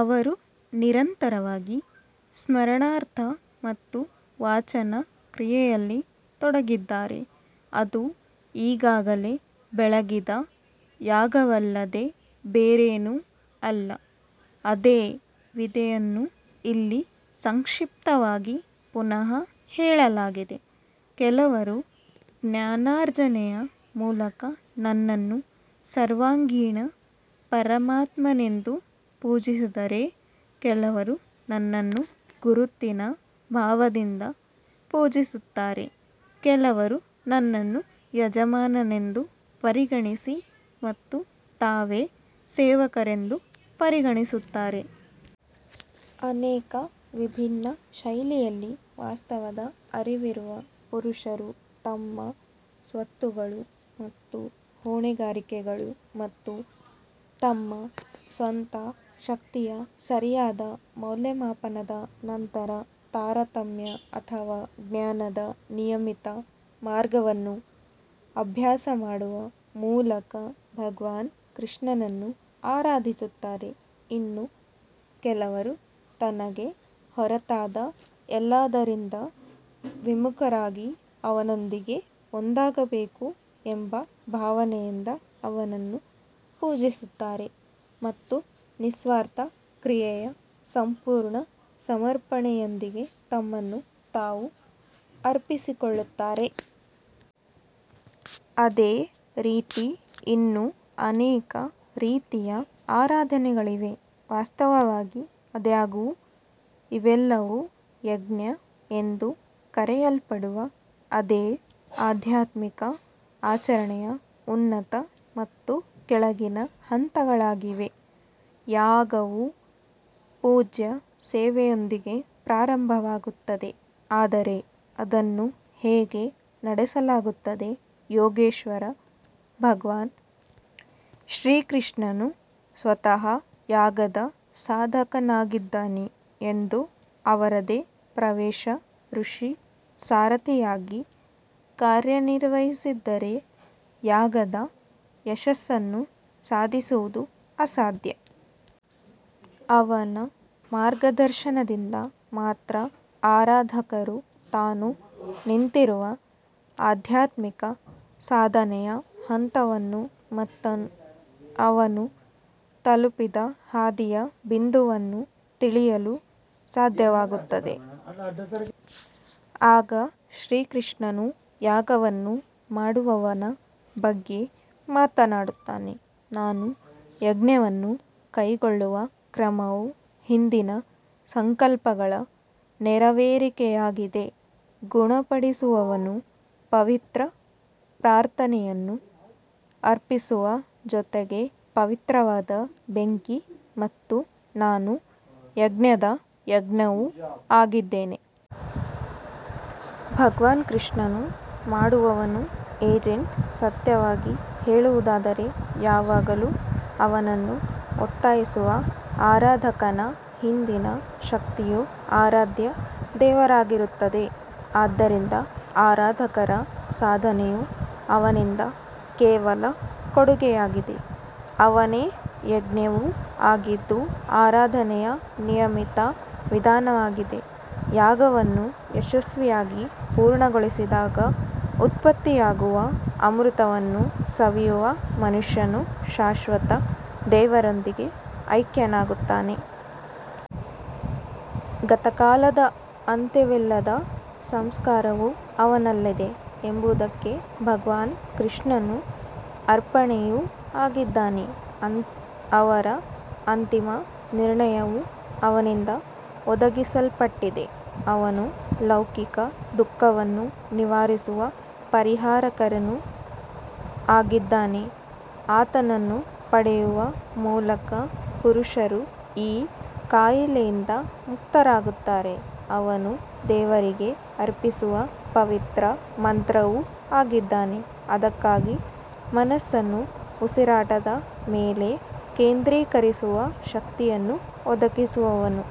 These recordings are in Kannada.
ಅವರು ನಿರಂತರವಾಗಿ ಸ್ಮರಣಾರ್ಥ ಮತ್ತು ವಾಚನ ಕ್ರಿಯೆಯಲ್ಲಿ ತೊಡಗಿದ್ದಾರೆ, ಅದು ಈಗಾಗಲೇ ಬೆಳಗಿದ ಯಾಗವಲ್ಲದೆ ಬೇರೇನೂ ಅಲ್ಲ. ಅದೇ ವಿಧಿಯನ್ನು ಇಲ್ಲಿ ಸಂಕ್ಷಿಪ್ತವಾಗಿ ಪುನಃ ಹೇಳಲಾಗಿದೆ ಕೆಲವರು ಜ್ಞಾನಾರ್ಜನೆಯ ಮೂಲಕ ನನ್ನನ್ನು ಸರ್ವಾಂಗೀಣ ಪರಮಾತ್ಮನೆಂದು ಪೂಜಿಸಿದರೆ ಕೆಲವರು ನನ್ನನ್ನು ಗುರುತಿನ ಭಾವದಿಂದ ಪೂಜಿಸುತ್ತಾರೆ ಕೆಲವರು ನನ್ನನ್ನು ಯಜಮಾನನೆಂದು ಪರಿಗಣಿಸಿ ಮತ್ತು ತಾವೇ ಸೇವಕರೆಂದು ಪರಿಗಣಿಸುತ್ತಾರೆ. ಅನೇಕ ವಿಭಿನ್ನ ಶೈಲಿಯಲ್ಲಿ ವಾಸ್ತವದ ಅರಿವಿರುವ ಪುರುಷರು ತಮ್ಮ ಸ್ವತ್ತುಗಳು ಮತ್ತು ಹೊಣೆಗಾರಿಕೆಗಳು ಮತ್ತು ತಮ್ಮ ಸ್ವಂತ ಶಕ್ತಿಯ ಸರಿಯಾದ ಮೌಲ್ಯಮಾಪನದ ನಂತರ ತಾರತಮ್ಯ ಅಥವಾ ಜ್ಞಾನದ ನಿಯಮಿತ ಮಾರ್ಗವನ್ನು ಅಭ್ಯಾಸ ಮಾಡುವ ಮೂಲಕ ಭಗವಾನ್ ಕೃಷ್ಣನನ್ನು ಆರಾಧಿಸುತ್ತಾರೆ. ಇನ್ನು ಕೆಲವರು ತನಗೆ ಹೊರತಾದ ಎಲ್ಲದರಿಂದ ವಿಮುಖರಾಗಿ ಅವನೊಂದಿಗೆ ಒಂದಾಗಬೇಕು ಎಂಬ ಭಾವನೆಯಿಂದ ಅವನನ್ನು ಪೂಜಿಸುತ್ತಾರೆ ಮತ್ತು ನಿಸ್ವಾರ್ಥ ಕ್ರಿಯೆಯ ಸಂಪೂರ್ಣ ಸಮರ್ಪಣೆಯೊಂದಿಗೆ ತಮ್ಮನ್ನು ತಾವು ಅರ್ಪಿಸಿಕೊಳ್ಳುತ್ತಾರೆ. ಅದೇ ರೀತಿ ಇನ್ನೂ ಅನೇಕ ರೀತಿಯ ಆರಾಧನೆಗಳಿವೆ ವಾಸ್ತವವಾಗಿ ಆದಾಗ್ಯೂ ಇವೆಲ್ಲವೂ ಯಜ್ಞ ಎಂದು ಕರೆಯಲ್ಪಡುವ ಅದೇ ಆಧ್ಯಾತ್ಮಿಕ ಆಚರಣೆಯ ಉನ್ನತ ಮತ್ತು ಕೆಳಗಿನ ಹಂತಗಳಾಗಿವೆ ಯಾಗವು ಪೂಜ್ಯ ಸೇವೆಯೊಂದಿಗೆ ಪ್ರಾರಂಭವಾಗುತ್ತದೆ ಆದರೆ ಅದನ್ನು ಹೇಗೆ ನಡೆಸಲಾಗುತ್ತದೆ ಯೋಗೇಶ್ವರ ಭಗವಾನ್ ಶ್ರೀ ಕೃಷ್ಣನು ಸ್ವತಃ ಯಾಗದ ಸಾಧಕನಾಗಿದ್ದಾನೆ ಎಂದು ಅವರದೇ ಪ್ರವೇಶ ಋಷಿ ಸಾರಥಿಯಾಗಿ ಕಾರ್ಯನಿರ್ವಹಿಸದಿದ್ದರೆ ಯಾಗದ ಯಶಸ್ಸನ್ನು ಸಾಧಿಸುವುದು ಅಸಾಧ್ಯ. ಅವನ ಮಾರ್ಗದರ್ಶನದಿಂದ ಮಾತ್ರ ಆರಾಧಕನು ತಾನು ನಿಂತಿರುವ ಆಧ್ಯಾತ್ಮಿಕ ಸಾಧನೆಯ ಹಂತವನ್ನು ಮತ್ತು ಅವನು ತಲುಪಿದ ಹಾದಿಯ ಬಿಂದುವನ್ನು ತಿಳಿಯಲು ಸಾಧ್ಯವಾಗುತ್ತದೆ. ಆಗ ಶ್ರೀಕೃಷ್ಣನು ಯಾಗವನ್ನು ಮಾಡುವವನ ಬಗ್ಗೆ ಮಾತನಾಡುತ್ತಾನೆ ನಾನು ಯಜ್ಞವನ್ನು ಕೈಗೊಳ್ಳುವ ಕ್ರಮವು ಹಿಂದಿನ ಸಂಕಲ್ಪಗಳ ನೆರವೇರಿಕೆಯಾಗಿದೆ ಗುಣಪಡಿಸುವವನು ಪವಿತ್ರ ಪ್ರಾರ್ಥನೆಯನ್ನು ಅರ್ಪಿಸುವ ಜೊತೆಗೆ ಪವಿತ್ರವಾದ ಬೆಂಕಿ ಮತ್ತು ನಾನು ಯಜ್ಞದ ಯಜ್ಞವೂ ಆಗಿದ್ದೇನೆ. ಭಗವಾನ್ ಕೃಷ್ಣನು ಮಾಡುವವನು ಏಜೆಂಟ್ ಸತ್ಯವಾಗಿ ಹೇಳುವುದಾದರೆ ಯಾವಾಗಲೂ ಅವನನ್ನು ಒತ್ತಾಯಿಸುವ ಆರಾಧಕನ ಹಿಂದಿನ ಶಕ್ತಿಯು ಆರಾಧ್ಯ ದೇವರಾಗಿರುತ್ತದೆ ಆದ್ದರಿಂದ ಆರಾಧಕರ ಸಾಧನೆಯು ಅವನಿಂದ ಕೇವಲ ಕೊಡುಗೆಯಾಗಿದೆ ಅವನೇ ಯಜ್ಞವೂ ಆಗಿದ್ದು, ಆರಾಧನೆಯ ನಿಯಮಿತ ವಿಧಾನವಾಗಿದೆ ಯಾಗವನ್ನು ಯಶಸ್ವಿಯಾಗಿ ಪೂರ್ಣಗೊಳಿಸಿದಾಗ ಉತ್ಪತ್ತಿಯಾಗುವ ಅಮೃತವನ್ನು ಸವಿಯುವ ಮನುಷ್ಯನು ಶಾಶ್ವತ ದೇವರೊಂದಿಗೆ ಐಕ್ಯನಾಗುತ್ತಾನೆ. ಗತಕಾಲದ ಅಂತ್ಯವಿಲ್ಲದ ಸಂಸ್ಕಾರವು ಅವನಲ್ಲಿದೆ ಎಂಬುದಕ್ಕೆ ಭಗವಾನ್ ಕೃಷ್ಣನು ಅರ್ಪಣೆಯೂ ಆಗಿದ್ದಾನೆ, ಅವರ ಅಂತಿಮ ನಿರ್ಣಯವು ಅವನಿಂದ ಒದಗಿಸಲ್ಪಟ್ಟಿದೆ. ಅವನು ಲೌಕಿಕ ದುಃಖವನ್ನು ನಿವಾರಿಸುವ ಪರಿಹಾರಕನೂ ಆಗಿದ್ದಾನೆ ಆತನನ್ನು ಪಡೆಯುವ ಮೂಲಕ ಪುರುಷರು ಈ ಕಾಯಿಲೆಯಿಂದ ಮುಕ್ತರಾಗುತ್ತಾರೆ ಅವನು ದೇವರಿಗೆ ಅರ್ಪಿಸುವ ಪವಿತ್ರ ಮಂತ್ರವೂ ಆಗಿದ್ದಾನೆ ಅದಕ್ಕಾಗಿ ಮನಸ್ಸನ್ನು ಉಸಿರಾಟದ ಮೇಲೆ ಕೇಂದ್ರೀಕರಿಸುವ ಶಕ್ತಿಯನ್ನು ಒದಗಿಸುವವನು.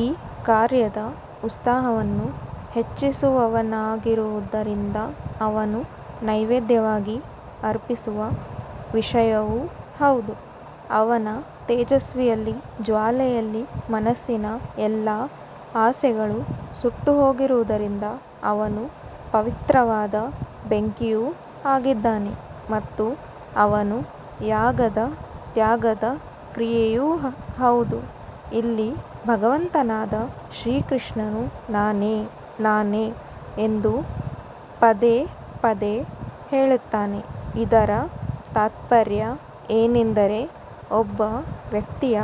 ಈ ಕಾರ್ಯದ ಉತ್ಸಾಹವನ್ನು ಹೆಚ್ಚಿಸುವವನಾಗಿರುವುದರಿಂದ ಅವನು ನೈವೇದ್ಯವಾಗಿ ಅರ್ಪಿಸುವ ವಿಷಯವೂ ಹೌದು ಅವನ ತೇಜಸ್ವಿ ಜ್ವಾಲೆಯಲ್ಲಿ ಮನಸ್ಸಿನ ಎಲ್ಲಾ ಆಸೆಗಳು ಸುಟ್ಟುಹೋಗಿರುವುದರಿಂದ ಅವನು ಪವಿತ್ರವಾದ ಬೆಂಕಿಯೂ ಆಗಿದ್ದಾನೆ ಮತ್ತು ಅವನು ಯಾಗದ ತ್ಯಾಗದ ಕ್ರಿಯೆಯೂ ಹೌದು ಇಲ್ಲಿ ಭಗವಂತನಾದ ಶ್ರೀಕೃಷ್ಣನು ನಾನೇ ನಾನೇ ಎಂದು ಪದೇ ಪದೇ ಹೇಳುತ್ತಾನೆ ಇದರ ತಾತ್ಪರ್ಯ ಏನೆಂದರೆ, ಒಬ್ಬ ವ್ಯಕ್ತಿಯ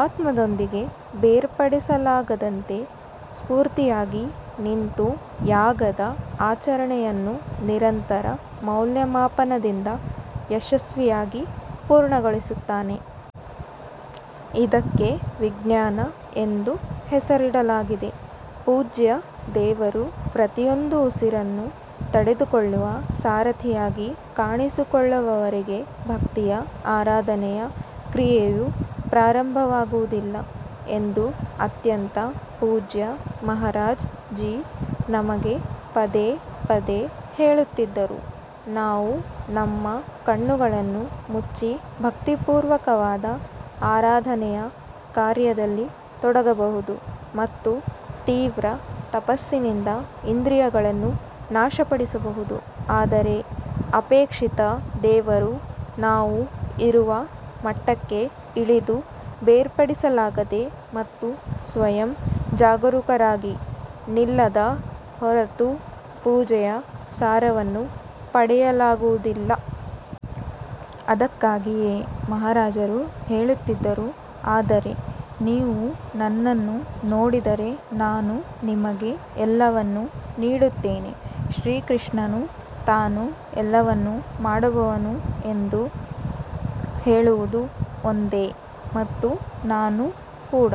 ಆತ್ಮದೊಂದಿಗೆ ಬೇರ್ಪಡಿಸಲಾಗದಂತೆ ಸ್ಫೂರ್ತಿಯಾಗಿ ನಿಂತು ಯಾಗದ ಆಚರಣೆಯನ್ನು ನಿರಂತರ ಮೌಲ್ಯಮಾಪನದಿಂದ ಯಶಸ್ವಿಯಾಗಿ ಪೂರ್ಣಗೊಳಿಸುತ್ತಾನೆ. ಇದಕ್ಕೆ ವಿಜ್ಞಾನ ಎಂದು ಹೆಸರಿಡಲಾಗಿದೆ ಪೂಜ್ಯ ದೇವರು ಪ್ರತಿಯೊಂದು ಉಸಿರನ್ನು ತಡೆದುಕೊಳ್ಳುವ ಸಾರಥಿಯಾಗಿ ಕಾಣಿಸಿಕೊಳ್ಳುವವರೆಗೆ ಭಕ್ತಿಯ ಆರಾಧನೆಯ ಕ್ರಿಯೆಯು ಪ್ರಾರಂಭವಾಗುವುದಿಲ್ಲ ಎಂದು ಅತ್ಯಂತ ಪೂಜ್ಯ ಮಹಾರಾಜ್ ಜೀ ನಮಗೆ ಪದೇ ಪದೇ ಹೇಳುತ್ತಿದ್ದರು. ನಾವು ನಮ್ಮ ಕಣ್ಣುಗಳನ್ನು ಮುಚ್ಚಿ ಭಕ್ತಿಪೂರ್ವಕವಾದ ಆರಾಧನೆಯ ಕಾರ್ಯದಲ್ಲಿ ತೊಡಗಬಹುದು ಮತ್ತು ತೀವ್ರ ತಪಸ್ಸಿನಿಂದ ಇಂದ್ರಿಯಗಳನ್ನು ನಾಶಪಡಿಸಬಹುದು ಆದರೆ ಅಪೇಕ್ಷಿತ ದೇವರು ನಾವು ಇರುವ ಮಟ್ಟಕ್ಕೆ ಇಳಿದು ಬೇರ್ಪಡಿಸಲಾಗದೆ ಮತ್ತು ಸ್ವಯಂ ಜಾಗರೂಕರಾಗಿ ನಿಲ್ಲದ ಹೊರತು ಪೂಜೆಯ ಸಾರವನ್ನು ಪಡೆಯಲಾಗುವುದಿಲ್ಲ. ಅದಕ್ಕಾಗಿಯೇ ಮಹಾರಾಜರು ಹೇಳುತ್ತಿದ್ದರು, ಆದರೆ ನೀವು ನನ್ನನ್ನು ನೋಡಿದರೆ ನಾನು ನಿಮಗೆ ಎಲ್ಲವನ್ನೂ ನೀಡುತ್ತೇನೆ ಶ್ರೀಕೃಷ್ಣನು ತಾನು ಎಲ್ಲವನ್ನು ಮಾಡುವವನು ಎಂದು ಹೇಳುವುದು ಒಂದೇ ಮತ್ತು ನಾನು ಕೂಡ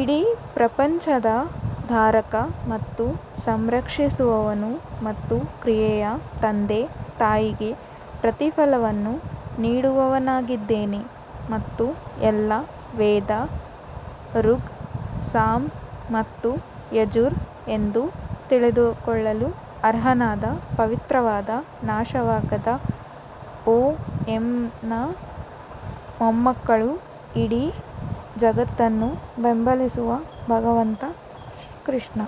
ಇಡೀ ಪ್ರಪಂಚದ ಧಾರಕ ಮತ್ತು ಸಂರಕ್ಷಿಸುವವನು ಮತ್ತು ಕ್ರಿಯೆಯ ತಂದೆ ತಾಯಿಗೆ ಪ್ರತಿಫಲವನ್ನು ನೀಡುವವನಾಗಿದ್ದೇನೆ ಮತ್ತು ಎಲ್ಲಾ ವೇದ ಋಗ್ ಸಾಮ್ ಮತ್ತು ಯಜುರ್ ಎಂದು ತಿಳಿದುಕೊಳ್ಳಲು ಅರ್ಹನಾದ ಪವಿತ್ರವಾದ ನಾಶವಾಗದ ಓಎಂನ ಮೊಮ್ಮಕ್ಕಳು ಇಡೀ ಜಗತ್ತನ್ನು ಬೆಂಬಲಿಸುವ ಭಗವಂತ ಕೃಷ್ಣ.